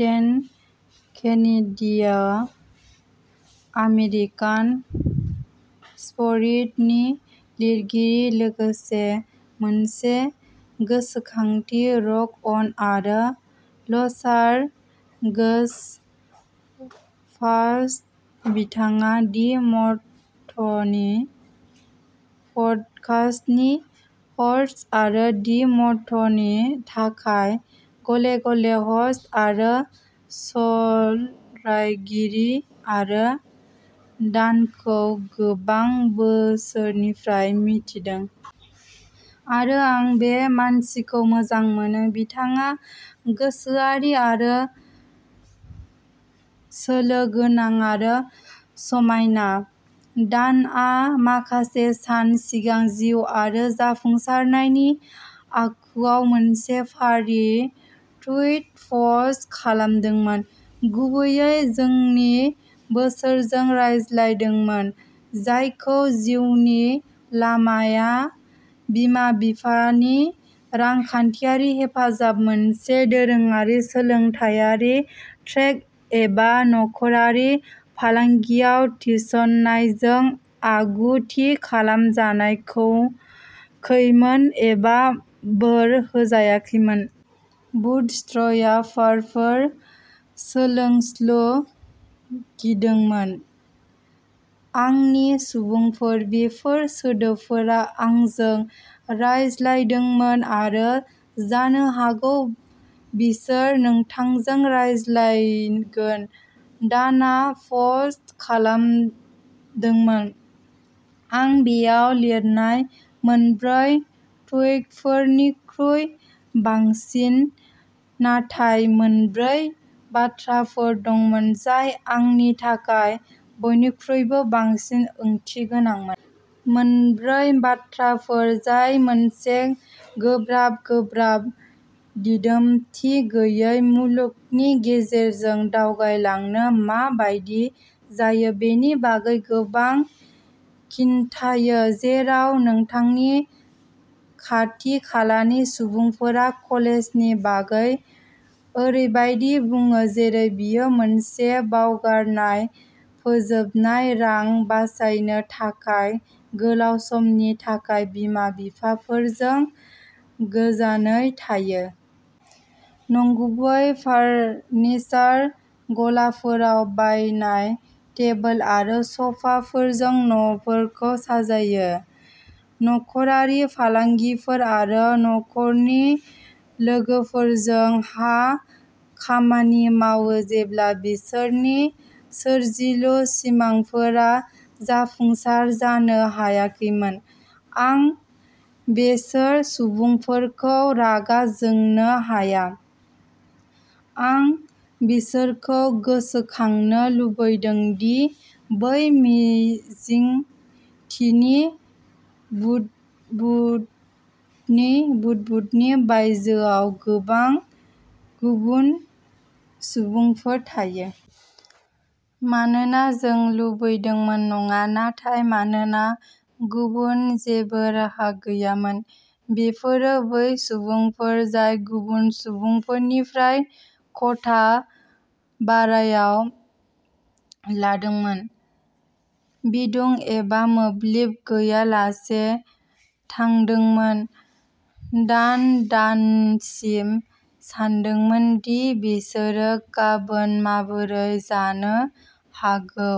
डेन केनेडीआ American spirit नि लिरगिरि लोगोसे मोनसे गोसोखांथि रक अन आरो लसार गोज फार्स्ट। बिथाङा दि मथनि पडकास्टनि ह'स्ट आरो दि मथनि थाखाय गले-गले ह'स्ट आरो सल'रायगिरि। आरो दानखौ गोबां बोसोरनिफ्राय मिथिदों। आरो आं बे मानसिखौ मोजां मोनो। बिथाङा गोसोआरि आरो सोलो गोनां आरो समायना। दानआ माखासे सान सिगां जिउ आरो जाफुंसारनायनि आखुआव मोनसे फारि टुइट पस्ट खालामदोंमोन। गुबैयै जोंनि बैसोरजों रायज्लायदोंमोन। जायनि जिउनि लामाया बिमा-बिफानि रांखान्थियारि हेफाजाब मोनसे दोरोङारि सोलोंथायारि ट्रेक एबा नखरारि फालांगियाव थिसननायजों आगु थि खालामजायखौखैमोन एबा बोर होजायाखैमोन। बुटस्ट्र्यापारफोर। सोलायस्लु गिदोंमोन। आंनि सुबुंफोर। बेफोर सोदोबफोरा आंजों रायज्लायदोंमोन आरो जानो हागौ बिसोर नोंथांजों रायज्लायगोन। दानआ पस्ट खालामदोंमोन। आं बेयाव लिरनाय मोनब्रै टुइटफोरनिख्रुइ बांसिन। नाथाय मोनब्रै बाथ्राफोर दंमोन जाय आंनि थाखाय बयनिख्रुइबो बांसिन ओंथि गोनांमोन। मोनब्रै बाथ्राफोर जाय मोनसे गोब्राब गोब्राब दिदोमथि गैयै मुलुगनि गेजेरजों दावगालांनो मा बायदि जायो बेनि बागै गोबां खिन्थायो जेराव नोंथांनि खाथि-खालानि सुबुंफोरा कलेजनि बागै ओरैबायदि बुङो जेरै बेयो मोनसे बावगारनाय फोजोबनाय रां बासायनो थाखाय गोलाव समनि थाखाय बिमा-बिफाफोरजों गोजोनयै थायो। नंगुबै फारनिचार गलाफोराव बायनाय टेबोल आरो स'फाफोरजों न'फोरखौ साजायो। आरो नखरारि फालांगिफोर आरो नखरनि लोगोफोरजों हा खामानि मावो जेब्ला बिसोरनि सोरजिलु सिमांफोरा जाफुंसार जानो हायाखैमोन। आं बेसोर सुबुंफोरखौ रागा जोंनो हाया। आं बिसोरखौ गोसोखांहोनो लुगैदों दि बै मिजिंथिनि बुदबुदनि बुदबुदनि बायजोआव गोबां गुबुन सुबुंफोर थायो। मानोना जों लुबैदोंमोन नङा नाथाय मानोना गुबुन जेबो राहा गैयामोन। बेफोरो बै सुबुंफोर जाय गुबुन सुबुंफोरनिफ्राय खथा भारायाव लादोंमोन। बिदुं एबा मोब्लिब गैयालासे थांदोंमोन। दान-दानसिम सानदोंमोन दि बिसोरो गाबोन माबोरै जानो हागौ।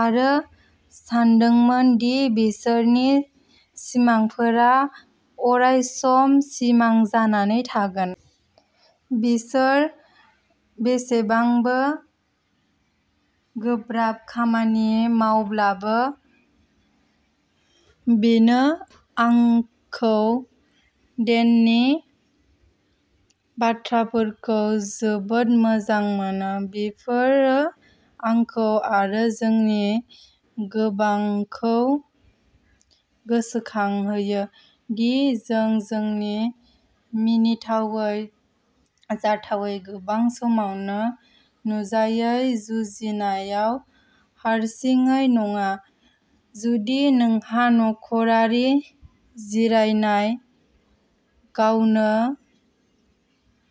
आरो सानदोंमोन दि बिसोरनि सिमांफोरा अरायसम सिमां जानानै थागोन। बिसोर बेसेबांबो गोब्राब खामानि मावब्लाबो। बेनो आंखौ डेननि बाथ्राफोरखौ जोबोद मोजां मोनो। बेफोरो आंखौ आरो जोंनि गोबांखौ गोसोखांहोयो दि जों जोंनि मिनिथावै जाथावै गोबां समावनो नुजायै जुजिनायाव हारसिङै नङा। जुदि नोंहा नख'रारि जिरायनाय गावनो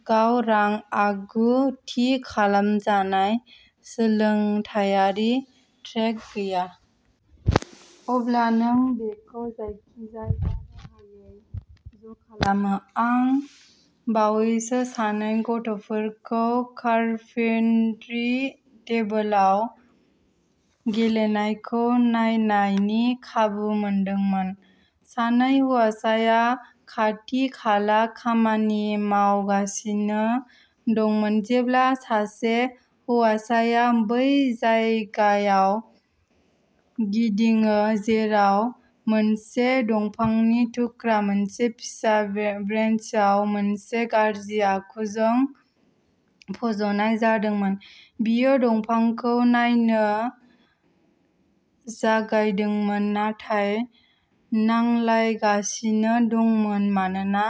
गाव रां आगु-थि खालामजानाय सोलोंथायारि ट्रेक गैया। अब्ला नों बेखौ जायखिजाया राहायै ज'खालामो। आं बावैसो सानै गथ'फोरखौ कारपेंट्रि टेबोलाव गेलेनायखौ नायनायनि खाबु मोनदोंमोन। सानै हौवासाया खाथि-खाला खामानि मावगासिनो दंमोन। जेब्ला सासे हौवासाया बै जायगायाव गिदिङो जेराव मोनसे दंफांनि थुख्रा मोनसे फिसा बेन्चआव मोनसे गाज्रि आखुजों फज'नाय जादोंमोन। बियो दंफांखौ नायनो जागायदोंमोन नाथाय नांलायगासिनो दंमोन मानोना